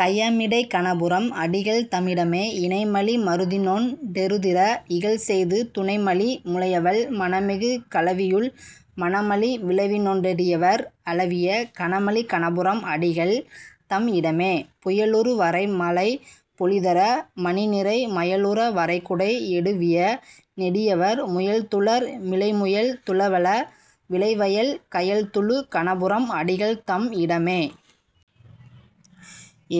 கயமிடை கணபுரம் அடிகள்தமிடமே.. இணைமலி மருதினொ டெருதிற இகல்செய்து துணைமலி முலையவள் மணமிகு கலவியுள், மணமலி விழவினொ டடியவர் அளவிய, கணமலி கணபுரம் அடிகள்தம் இடமே.. புயலுறு வரைமழை பொழிதர மணிநிரை, மயலுற வரைகுடை யெடுவிய நெடியவர், முயல்துளர் மிளைமுயல் துளவள விளைவயல், கயல்துளு கணபுரம் அடிகள்தம் இடமே..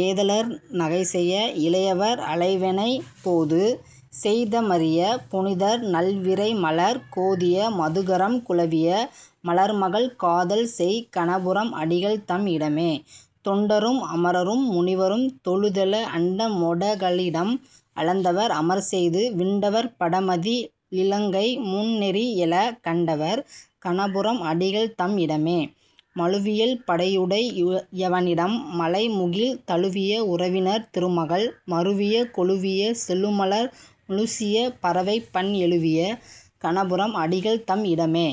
ஏதலர் நகைசெய இளையவர் அளைவெணெய் போதுசெய் தமரிய புனிதர்நல் விரைமலர் கோதிய மதுகரம் குலவிய மலர்மகள் காதல்செய் கணபுரம் அடிகள்தம் இடமே.. தொண்டரும் அமரரும் முனிவரும் தொழுதெழ அண்டமொ டகலிடம் அளந்தவர் அமர்ச்செய்து விண்டவர் படமதி ளிலங்கைமுன் னெரியெழ கண்டவர் கணபுரம் அடிகள்தம் இடமே.. மழுவியல் படையுடை யவனிடம் மழைமுகில், தழுவிய உருவினர் திருமகள் மருவிய கொழுவிய செழுமலர் முழுசிய பறவைபண் எழுவிய கணபுரம் அடிகள்தம் இடமே..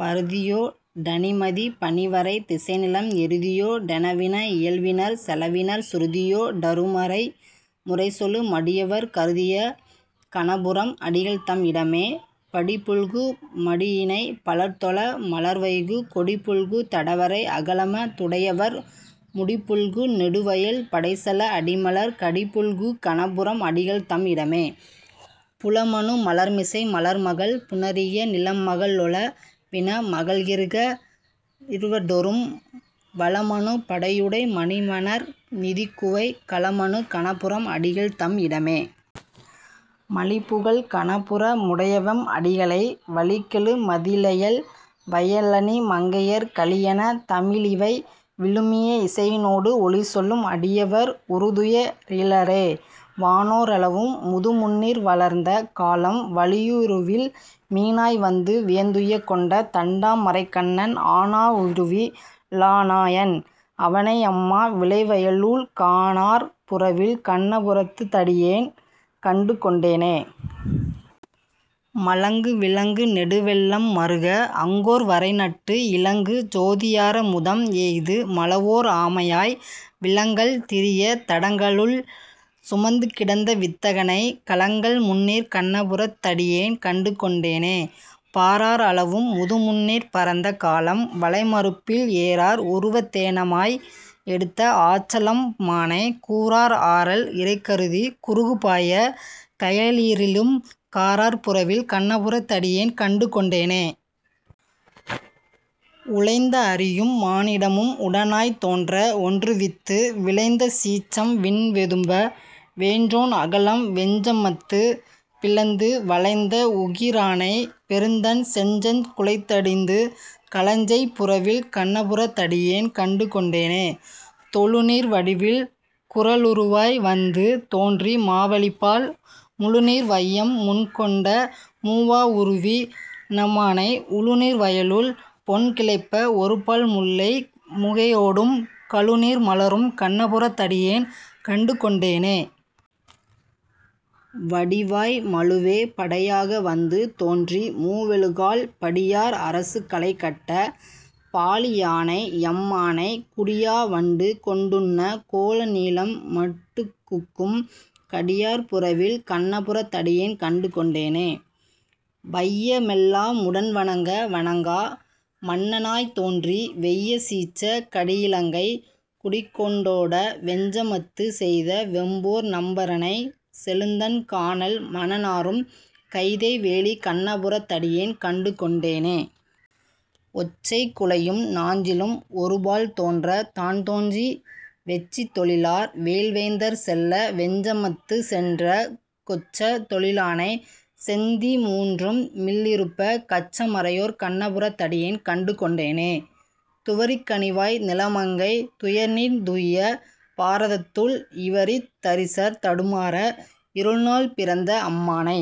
பரிதியொ டணிமதி பனிவரை திசைநிலம் எரிதியொ டெனவின இயல்வினர் செலவினர் சுருதியொ டருமறை முறைசொலு மடியவர் கருதிய கணபுரம் அடிகள்தம் இடமே.. படிபுல்கு மடியிணை பலர்தொழ மலர்வைகு கொடிபுல்கு தடவரை அகலம துடையவர் முடிபுல்கு நெடுவயல் படைசெல அடிமலர் கடிபுல்கு கணபுரம் அடிகள்தம் இடமே.. புலமனு மலர்மிசை மலர்மகள் புணரிய நிலமக ளெனவின மகளிர்க ளிவரொடும் வலமனு படையுடை மணிவணர் நிதிகுவை கலமனு கணபுரம் அடிகள்தம் இடமே.. மலிபுகழ் கணபுர முடையவெம் அடிகளை வலிகெழு மதிளயல் வயலணி மங்கையர் கலியன தமிழிவை விழுமிய இசையினொடு ஒலிசொலும் அடியவர் உறுதுய ரிலரே. வானோ ரளவும் முதுமுந்நீர் வளர்ந்த காலம், வலியுருவில் மீனாய் வந்து வியந்துய்யக் கொண்ட தண்டா மரைக்கண்ணன், ஆனா வுருவி லானாயன் அவனை யம்மா விளைவயலுள், கானார் புறவில் கண்ணபுரத் தடியேன் கண்டு கொண்டேனே.. மலங்கு விலங்கு நெடுவெள்ளம் மறுக அங்கோர் வரைநட்டு இலங்கு சோதி யாரமுதம் எய்து மளவோர் ஆமையாய், விலங்கல் திரியத் தடங்கடலுள் சுமந்து கிடந்த வித்தகனை, கலங்கல் முந்நீர்க் கண்ணபுரத் தடியேன் கண்டு கொண்டேனே.. பாரார் அளவும் முதுமுந்நீர் பரந்த காலம், வளைமருப்பில் ஏரார் உருவத் தேனமாய் எடுத்த ஆற்ற லம்மானை, கூரார் ஆரல் இரைகருதிக் குருகு பாயக் கயலிரியும், காரார் புறவில் கண்ணபுரத் தடியேன் கண்டு கொண்டேனே.. உளைந்த அரியும் மானிடமும் உடனாய்த் தோன்ற ஒன்றுவித்து, விளைந்த சீற்றம் விண்வெதும்ப வேற்றோன் அகலம் வெஞ்சமத்து, பிளந்து வளைந்த வுகிரானைப் பெருந்தண் செந்நெற் குலைதடிந்து, களஞ்செய் புறவில் கண்ணபுரத் தடியேன் கண்டு கொண்டேனே.. தொழுநீர் வடிவில் குறளுருவாய் வந்து தோன்றி மாவலிபால், முழுநீர் வையம் முன்கொண்ட மூவா வுருவி னம்மானை உழுநீர் வயலுள் பொன்கிளைப்ப ஒருபால் முல்லை முகையோடும் கழுநீர் மலரும் கண்ணபுரத் தடியேன் கண்டு கொண்டேனே.. வடிவாய் மழுவே படையாக வந்து தோன்றி மூவெழுகால், படியார் அரசு களைகட்ட பாழி யானை யம்மானை, குடியா வண்டு கொண்டுண்ணக் கோல நீலம் மட்டுகுக்கும், கடியார் புறவில் கண்ணபுரத் தடியேன் கண்டு கொண்டேனே.. வைய மெல்லா முடன்வணங்க வணங்கா மன்ன னாய்த்தோன்றி, வெய்ய சீற்றக் கடியிலங்கை குடிகொண் டோட வெஞ்சமத்து, செய்த வெம்போர் நம்பரனைச் செழுந்தண் கானல் மணநாறும், கைதை வேலிக் கண்ணபுரத் தடியேன் கண்டு கொண்டேனே.. ஒற்றைக் குழையும் நாஞ்சிலும் ஒருபால் தோன்றத் தான்தோன்றி, வெற்றித் தொழிலார் வேல்வேந்தர் செல்ல வெஞ்சமத்து, செற்ற கொற்றத் தொழிலானைச் செந்தீ மூன்றும் மில்லிருப்ப, கற்ற மறையோர் கண்ணபுரத் தடியேன் கண்டு கொண்டேனே.. துவரிக் கனிவாய் நிலமங்கை துயர்தீர்ந் துய்யப் பாரதத்துள், இவரித் தரசர் தடுமாற இருள்நாள் பிறந்த அம்மானை,